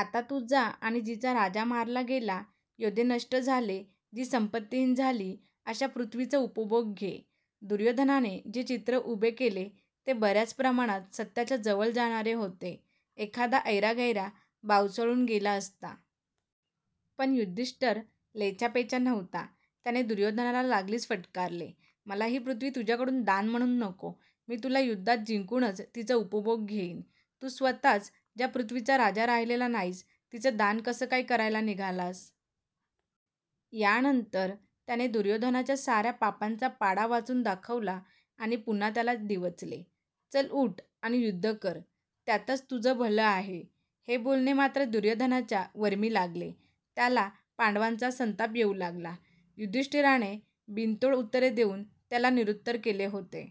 आता तु जा आणि जिचा राजा मारला गेला, योद्धे नष्ट झाले, जी संपत्तीहीन झाली अशा पृथ्वीचा उपभोग घे. दुर्योधनाने जे चित्र उभे केले ते बर्याच प्रमाणात सत्याच्या जवळ जाणारे होते. एखादा ऐरागैरा बावचळुन गेला असता. पण युधिष्ठीर लेचापेचा नव्हता. त्याने दुर्योधनाला लागलीच फटकारले, मला ही पृथ्वी तुझ्याकडुन दान म्हणुन नको. मी तुला युद्धात जिंकुनच तिचा उपभोग घेइन. तु स्वतःच ज्या पृथ्वीचा राजा राहीलेला नाहीस तिचं दान कसं काय करायला निघालास? यानंतर त्याने दुर्योधनाच्या सार्या पापांचा पाढा वाचुन दाखवला आणि पुन्हा त्याला डिवचले. चल उठ आणि युद्ध कर. त्यातच तुझं भलं आहे. हे बोलणे मात्र दुर्योधनाच्या वर्मी लागले. त्याला पांडवांचा संताप येऊ लागला. युधिष्ठीराने बिनतोड उत्तरे देऊन त्याला निरुत्तर केले होते.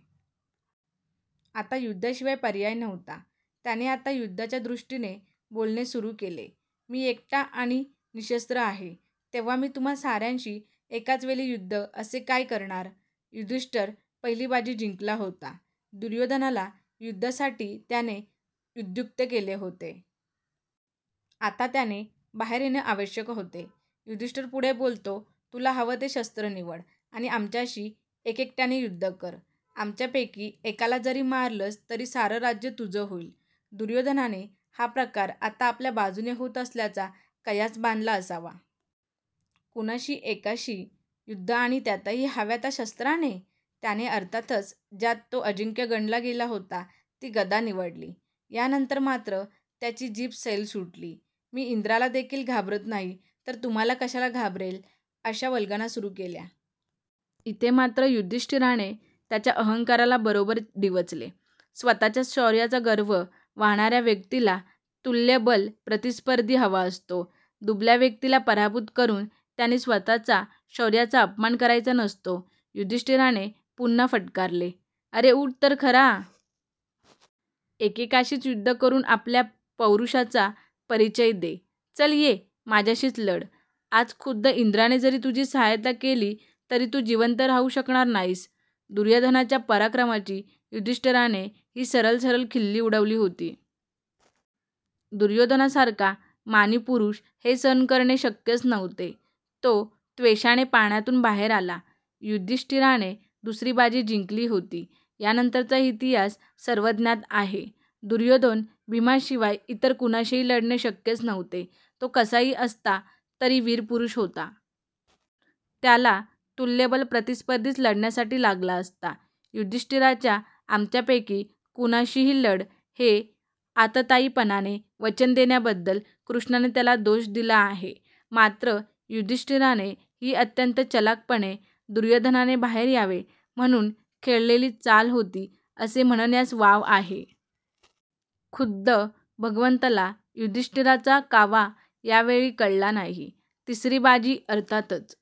आता युद्धाशिवाय पर्याय नव्हता. त्याने आता युद्धाच्या दृष्टीने बोलणे सुरु केले, मी एकटा आणि निशस्त्र आहे तेव्हा मी तुम्हा सार्यांशी एकाचवेळी युद्ध असे काय करणार? युधिष्ठीर पहिली बाजी जिंकला होता. दुर्योधनाला युद्धासाठी त्याने उद्युक्त केले होते. आता त्याने बाहेर येणे आवश्यक होते. युधिष्ठीर पुढे बोलतो, तुला हवं ते शस्त्र निवड आणि आमच्याशी एकेकट्याने युद्ध कर. आमच्यापैकी एकाला जरी मारलंस तरी सारं राज्य तुझं होईल. दुर्योधनाने हा प्रकार आता आपल्या बाजुने होत असल्याचा कयास बांधला असावा. कुणाही एकाशी युद्ध आणि त्यातही हव्या त्या शस्त्राने. त्याने अर्थातच ज्यात तो अजिंक्य गणला गेला होता ती गदा निवडली. यानंतर मात्र त्याची जीभ सैल सुटली. मी इंद्राला देखिल घाबरत नाही तर तुम्हाला कशाला घाबरेन अशा वल्गना सुरु केल्या. इथे मात्र युधिष्ठीराने त्याच्या अहंकाराला बरोबर डिवचले. स्वतःच्या शौर्याचा गर्व वाहणार्या व्यक्तीला तुल्यबळ प्रतिस्पर्धी हवा असतो. दुबळ्या व्यक्तीला पराभूत करुन त्यांना स्वतःच्या शौर्याचा अपमान करायचा नसतो. युधिष्ठीराने पुन्हा फटकारले, अरे उठ तर खरा. एकेकाशीच युद्ध करुन आपल्या पौरुषाचा परीचय दे. चल ये माझ्याशीच लढ. आज खुद्द इन्द्राने जरी तुझी साहाय्यता केली तरी तु जिवंत राहु शकणार नाहीस. दुर्योधनाच्या पराक्रमाची युधिष्ठीराने ही सरळ सरळ खिल्ली उडवली होती. दुर्योधनासारखा मानी पुरुष हे सहन करणे शक्यच नव्हते. तो त्वेषाने पाण्यातुन बाहेर आला. युधिष्ठीराने दुसरी बाजी जिंकली होती. यानंतरचा इतिहास सर्वज्ञात आहे. दुर्योधन भीमाशिवाय इतर कुणाशीही लढणे शक्यच नव्हते. तो कसाही असता तरी वीर पुरुष होता. त्याला तुल्यबळ प्रतिस्पर्धीच लढण्यासाठी लागला असता. युधिष्ठीराच्या आमच्यापैकी कुणाशीही लढ हे आततायीपणाने वचन देण्याबद्दल कॄष्णाने त्याला दोष दिला आहे. मात्र युधिष्ठीराने ही अत्यंत चलाखपणे दुर्योधनाने बाहेर यावे म्हणुन खेळलेली चाल होती असे म्हणण्यास वाव आहे. खुद्द भगवंताला युधिष्ठीराचा कावा यावेळी कळला नाही. तिसरी बाजी अर्थातच